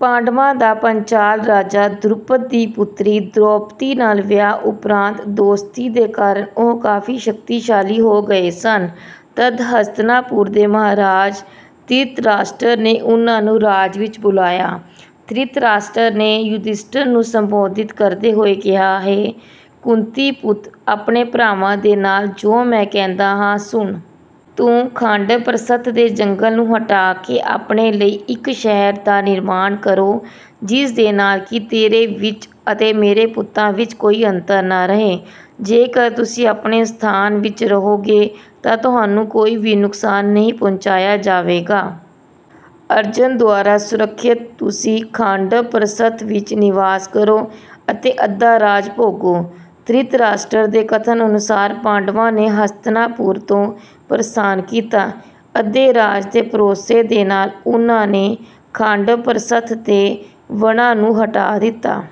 ਪਾਂਡਵਾਂ ਦਾ ਪਾਂਚਾਲ ਰਾਜਾ ਦ੍ਰੁਪਦ ਦੀ ਪੁਤਰੀ ਦ੍ਰੋਪਦੀ ਨਾਲ ਵਿਆਹ ਉੱਪਰਾਂਤ ਦੋਸਤੀ ਦੇ ਕਾਰਨ ਉਹ ਕਾਫੀ ਸ਼ਕਤੀਸ਼ਾਲੀ ਹੋ ਗਏ ਸਨ। ਤਦ ਹਸਤਨਾਪੁਰ ਦੇ ਮਹਾਰਾਜ ਧ੍ਰਿਤਰਾਸ਼ਟਰ ਨੇ ਉਨ੍ਹਾਂ ਨੂੰ ਰਾਜ ਵਿੱਚ ਬੁਲਾਇਆ। ਧ੍ਰਿਤਰਾਸ਼ਟਰ ਨੇ ਯੁਧਿਸ਼ਠਰ ਨੂੰ ਸੰਬੋਧਿਤ ਕਰਦੇ ਹੋਏ ਕਿਹਾ ਹੇ ਕੁੰਤੀ ਪੁੱਤ ਆਪਣੇ ਭਰਾਵਾਂ ਦੇ ਨਾਲ ਜੋ ਮੈਂ ਕਹਿੰਦਾ ਹਾਂ ਸੁਣ। ਤੂੰ ਖਾਂਡਵਪ੍ਰਸਥ ਦੇ ਜੰਗਲ ਨੂੰ ਹਟਾ ਕੇ ਆਪਣੇ ਲਈ ਇੱਕ ਸ਼ਹਿਰ ਦਾ ਨਿਰਮਾਣ ਕਰੋ ਜਿਸਦੇ ਨਾਲ ਕਿ ਤੇਰੇ ਵਿੱਚ ਅਤੇ ਮੇਰੇ ਪੁੱਤਾਂ ਵਿੱਚ ਕੋਈ ਅੰਤਰ ਨਾ ਰਹੇ। ਜੇਕਰ ਤੁਸੀਂ ਆਪਣੇ ਸਥਾਨ ਵਿੱਚ ਰਹੋਗੇ ਤਾਂ ਤੁਹਾਨੂੰ ਕੋਈ ਵੀ ਨੁਕਸਾਨ ਨਹੀਂ ਪਹੁੰਚਾਇਆ ਜਾਵੇਗਾ। ਅਰਜਨ ਦੁਆਰਾ ਸੁਰੱਖਿਅਤ ਤੁਸੀਂ ਖਾਂਡਵਪ੍ਰਸਥ ਵਿੱਚ ਨਿਵਾਸ ਕਰੋ ਅਤੇ ਅੱਧਾ ਰਾਜ ਭੋਗੋ। ਧ੍ਰਿਤਰਾਸ਼ਟਰ ਦੇ ਕਥਨ ਅਨੁਸਾਰ ਪਾਂਡਵਾਂ ਨੇ ਹਸਤਨਾਪੁਰ ਤੋਂ ਪ੍ਰਸਥਾਨ ਕੀਤਾ। ਅੱਧੇ ਰਾਜ ਦੇ ਭਰੋਸੇ ਦੇ ਨਾਲ ਉਨ੍ਹਾਂ ਨੇ ਖਾਂਡਵਪ੍ਰਸਥ ਦੇ ਵਣਾਂ ਨੂੰ ਹਟਾ ਦਿੱਤਾ।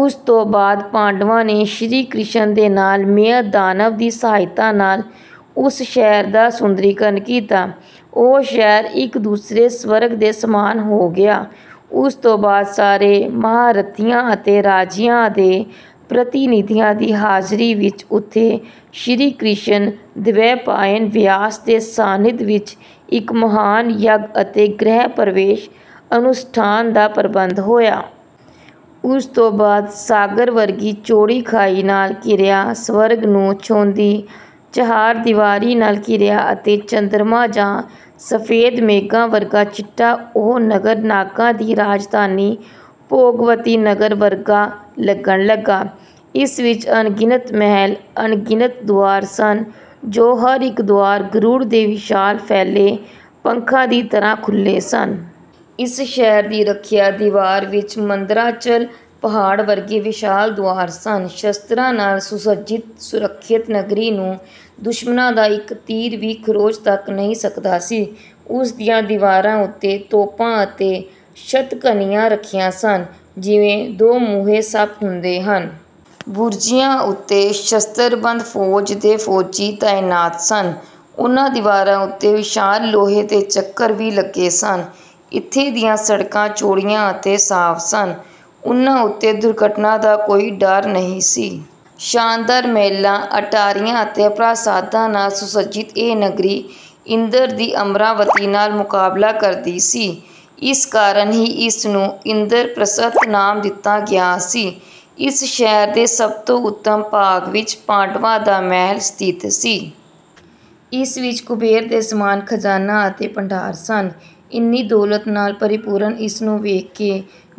ਉਸ ਤੋਂ ਬਾਅਦ ਪਾਂਡਵਾਂ ਨੇ ਸ਼੍ਰੀ ਕ੍ਰਿਸ਼ਨ ਦੇ ਨਾਲ ਮਯ ਦਾਨਵ ਦੀ ਸਹਾਇਤਾ ਨਾਲ ਉਸ ਸ਼ਹਿਰ ਦਾ ਸੁੰਦਰੀਕਰਨ ਕੀਤਾ। ਉਹ ਸ਼ਹਿਰ ਇੱਕ ਦੂਸਰੇ ਸਵਰਗ ਦੇ ਸਮਾਨ ਹੋ ਗਿਆ। ਉਸ ਤੋਂ ਬਾਅਦ ਸਾਰੇ ਮਹਾਰਥੀਆਂ ਅਤੇ ਰਾਜਿਆਂ ਦੇ ਪ੍ਰਤੀਨਿਧੀਆਂ ਦੀ ਹਾਜ਼ਰੀ ਵਿੱਚ ਉੱਥੇ ਸ਼੍ਰੀ ਕ੍ਰਿਸ਼ਨ ਦਵੈਪਾਇਨ ਵਿਆਸ ਦੇ ਸਾਨਿਧ ਵਿੱਚ ਇੱਕ ਮਹਾਨ ਯੱਗ ਅਤੇ ਗ੍ਰਹਿ ਪ੍ਰਵੇਸ਼ ਅਨੁਸ਼ਠਾਨ ਦਾ ਪ੍ਰਬੰਧ ਹੋਇਆ। ਉਸ ਤੋਂ ਬਾਅਦ ਸਾਗਰ ਵਰਗੀ ਚੌੜੀ ਖਾਈ ਨਾਲ ਘਿਰਿਆ ਸਵਰਗ ਨੂੰ ਛੂੰਹਦੀ ਚਹਾਰਦੀਵਾਰੀ ਨਾਲ ਘਿਰਿਆ ਅਤੇ ਚੰਦਰਮਾ ਜਾਂ ਸਫੇਦ ਮੇਘਾਂ ਵਰਗਾ ਚਿੱਟਾ ਉਹ ਨਗਰ ਨਾਗਾਂ ਦੀ ਰਾਜਧਾਨੀ ਭੋਗਵਤੀ ਨਗਰ ਵਰਗਾ ਲੱਗਣ ਲੱਗਾ। ਇਸ ਵਿੱਚ ਅਣਗਿਣਤ ਮਹਿਲ ਅਣਗਿਨਤ ਦੁਆਰ ਸਨ ਜੋ ਹਰ ਇੱਕ ਦੁਆਰ ਗਰੁੜ ਦੇ ਵਿਸ਼ਾਲ ਫੈਲੇ ਪੰਖਾਂ ਦੀ ਤਰ੍ਹਾਂ ਖੁੱਲੇ ਸਨ। ਇਸ ਸ਼ਹਿਰ ਦੀ ਰੱਖਿਆ ਦੀਵਾਰ ਵਿੱਚ ਮੰਦਰਾਚਲ ਪਹਾੜ ਵਰਗੇ ਵਿਸ਼ਾਲ ਦੁਆਰ ਸਨ। ਸ਼ਸਤਰਾਂ ਨਾਲ ਸੁਸੱਜਿਤ ਸੁਰੱਖਿਅਤ ਨਗਰੀ ਨੂੰ ਦੁਸ਼ਮਨਾਂ ਦਾ ਇੱਕ ਤੀਰ ਵੀ ਖਰੋਚ ਤੱਕ ਨਹੀਂ ਸਕਦਾ ਸੀ। ਉਸ ਦੀਆਂ ਦੀਵਾਰਾਂ ਉੱਤੇ ਤੋਪਾਂ ਅਤੇ ਸ਼ਤਘਨੀਆਂ ਰੱਖੀਆਂ ਸਨ ਜਿਵੇਂ ਦੋਮੁਹੇ ਸੱਪ ਹੁੰਦੇ ਹਨ। ਬੁਰਜੀਆਂ ਉੱਤੇ ਸ਼ਸਤਰਬੰਦ ਫੌਜ ਦੇ ਫੌਜੀ ਤਾਇਨਾਤ ਸਨ। ਉਨ੍ਹਾਂ ਦੀਵਾਰਾਂ ਉੱਤੇ ਵਿਸ਼ਾਲ ਲੋਹੇ ਦੇ ਚੱਕਰ ਵੀ ਲੱਗੇ ਸਨ। ਇੱਥੇ ਦੀਆਂ ਸੜਕਾਂ ਚੌੜੀਆਂ ਅਤੇ ਸਾਫ ਸਨ। ਉਨ੍ਹਾਂ ਉੱਤੇ ਦੁਰਘਟਨਾ ਦਾ ਕੋਈ ਡਰ ਨਹੀਂ ਸੀ। ਸ਼ਾਨਦਾਰ ਮਹਿਲਾਂ ਅਟਾਰੀਆਂ ਅਤੇ ਪ੍ਰਾਸਾਦਾਂ ਨਾਲ ਸੁਸੱਜਿਤ ਇਹ ਨਗਰੀ ਇੰਦਰ ਦੀ ਅਮਰਾਵਤੀ ਨਾਲ ਮੁਕਾਬਲਾ ਕਰਦੀ ਸੀ। ਇਸ ਕਾਰਨ ਹੀ ਇਸਨੂੰ ਇੰਦਰਪ੍ਰਸਥ ਨਾਮ ਦਿੱਤਾ ਗਿਆ ਸੀ। ਇਸ ਸ਼ਹਿਰ ਦੇ ਸਭ ਤੋਂ ਉੱਤਮ ਭਾਗ ਵਿੱਚ ਪਾਂਡਵਾਂ ਦਾ ਮਹਿਲ ਸਥਿਤ ਸੀ। ਇਸ ਵਿੱਚ ਕੁਬੇਰ ਦੇ ਸਮਾਨ ਖਜ਼ਾਨਾ ਅਤੇ ਭੰਡਾਰ ਸਨ। ਇੰਨੀ ਦੌਲਤ ਨਾਲ ਪਰਿਪੂਰਨ ਇਸਨੂੰ ਵੇਖ ਕੇ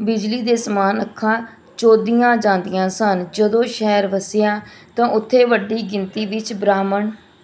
ਬਿਜਲੀ ਦੇ ਸਮਾਨ ਅੱਖਾਂ ਚੌਧੀਆਂ ਜਾਂਦੀਆਂ ਸਨ। ਜਦੋਂ ਸ਼ਹਿਰ ਵਸਿਆ ਤਾਂ ਉੱਥੇ ਵੱਡੀ ਗਿਣਤੀ ਵਿੱਚ ਬ੍ਰਾਹਮਣ